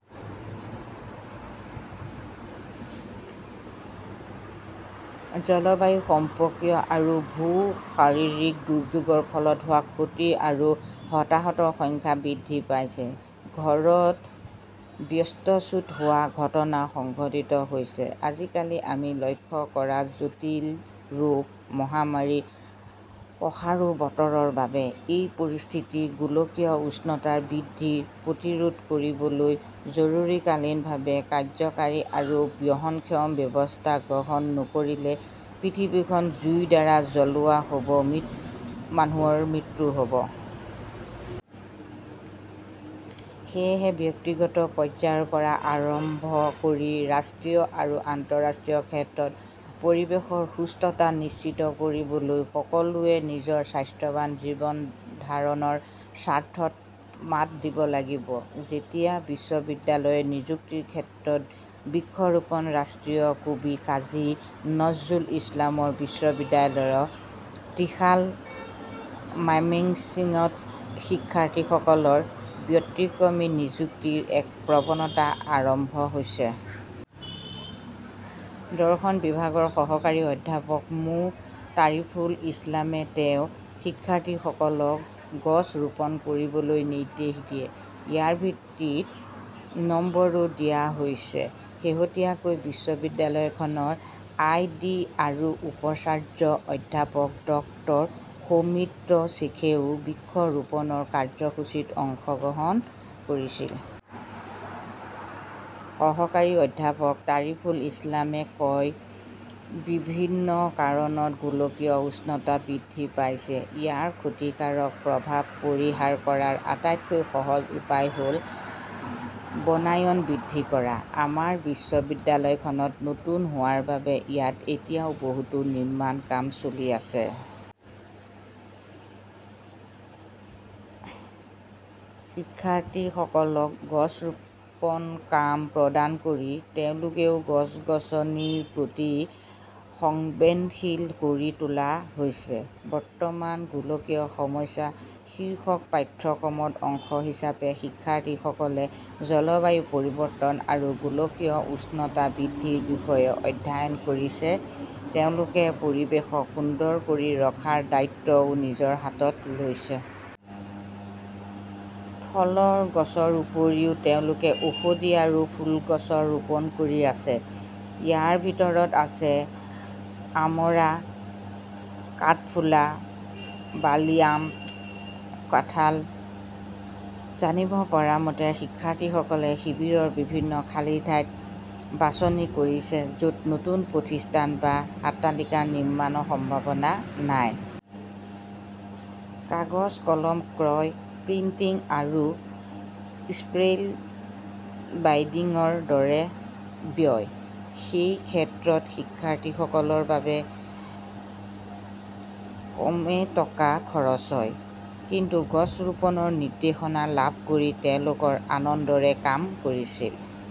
জলবায়ু সম্পৰ্কীয় আৰু ভূ-শাৰীৰিক দুৰ্যোগৰ ফলত হোৱা ক্ষতি আৰু হতাহতৰ সংখ্যা বৃদ্ধি পাইছে। ঘৰত বা ব্যয়স্তুচ্যুত হোৱাৰ ঘটনা সংঘটিত হৈছে। আজিকালি আমি লক্ষ্য কৰা জটিল ৰোগ, মহামাৰীৰ প্ৰসাৰো বতৰৰ বাবে । এই পৰিস্থিতিত গোলকীয় উষ্ণতা বৃদ্ধি প্ৰতিৰোধ কৰিবলৈ জৰুৰীকালীনভাৱে কাৰ্যকৰী আৰু বহনক্ষম ব্যৱস্থা গ্ৰহণ নকৰিলে পৃথিৱীখন জুইৰ দ্বাৰা জ্বলোৱা হ'ব, মানুহৰ মৃত্যু হ'ব। সেয়েহে, ব্যক্তিগত পৰ্যায়ৰ পৰা আৰম্ভ কৰি ৰাষ্ট্ৰীয় আৰু আন্তঃৰাষ্ট্ৰীয় ক্ষেত্ৰত পৰিৱেশৰ সুস্থতা নিশ্চিত কৰিবলৈ সকলোৱে নিজৰ স্বাস্থ্যৱান জীৱন ধাৰণৰ স্বাৰ্থত মাত দিব লাগিব। যেতিয়া বিশ্ববিদ্যালয়ৰ নিযুক্তিৰ ক্ষেত্ৰত বৃক্ষৰোপণ ৰাষ্ট্ৰীয় কবি কাজী নজৰুল ইছলাম বিশ্ববিদ্যালয়, ত্ৰিশাল, মাইমেন্সিংত শিক্ষাৰ্থীসকলৰ ব্যতিক্ৰমী নিযুক্তিৰ এক প্ৰৱণতা আৰম্ভ হৈছে। দৰ্শন বিভাগৰ সহকাৰী অধ্যাপক মো. তাৰিফুল ইছলামে তেওঁৰ শিক্ষাৰ্থীসকলক গছ ৰোপণ কৰিবলৈ নিৰ্দেশ দিয়ে। ইয়াৰ ভিত্তিত নম্বৰো দিয়া হৈছে। শেহতীয়াকৈ বিশ্ববিদ্যালয়খনৰ আই. ডি. আৰু উপাচাৰ্য অধ্যাপক ড. সৌমিত্ৰ শেখৰেও বৃক্ষৰোপণ কাৰ্যসূচীত অংশগ্ৰহণ কৰিছিল। সহকাৰী অধ্যাপক তাৰিফুল ইছলামে কয় বিভিন্ন কাৰণত গোলকীয় উষ্ণতা বৃদ্ধি পাইছে। ইয়াৰ ক্ষতিকাৰক প্ৰভাৱ পৰিহাৰ কৰাৰ আটাইতকৈ সহজ উপায় হ'ল বনায়ন বৃদ্ধি কৰা। আমাৰ বিশ্ববিদ্যালয়খন নতুন হোৱাৰ বাবে ইয়াত এতিয়াও বহুতো নিৰ্মাণৰ কাম চলি আছে। শিক্ষাৰ্থীসকলক গছ ৰোপণ কাম প্ৰদান কৰি তেওঁলোকেও গছ-গছনিৰ প্ৰতি সংবেনশীল কৰি তোলা হৈছে। ''বৰ্তমানৰ গোলকীয় সমস্যা" শীৰ্ষক পাঠ্যক্ৰমৰ অংশ হিচাপে শিক্ষাৰ্থীসকলে জলবায়ু পৰিৱৰ্তন আৰু গোলকীয় উষ্ণতা বৃদ্ধিৰ বিষয়ে অধ্যয়ন কৰিছে। তেওঁলোকে পৰিৱেশক সুন্দৰ কৰি ৰখাৰ দায়িত্বও নিজৰ হাতত লৈছে। ফলৰ গছৰ উপৰিও তেওঁলোকে ঔষধি আৰু ফুলৰ গছ ৰোপণ কৰি আছে। ইয়াৰ ভিতৰত আছে আমৰা, কাঠফুলা, বাৰ্লি, আম, কাঁঠাল। জানিব পৰা মতে, শিক্ষাৰ্থীসকলে শিবিৰৰ বিভিন্ন খালী ঠাই বাছনি কৰিছে য 'ত নতুন প্ৰতিষ্ঠান বা আট্টালিকা নিৰ্মাণৰ সম্ভাৱনা নাই। কাগজ-কলম ক্ৰয়, প্ৰিণ্টিং আৰু স্পাইল বাইডিং দৰে ব্যয়। সেই ক্ষেত্ৰতো শিক্ষাৰ্থীসকলৰ বাবে কমে টকা খৰচ হয়। কিন্তু গছ ৰোপণৰ নিৰ্দেশনা লাভ কৰি তেওঁলোকে আনন্দৰে কাম কৰিছিল।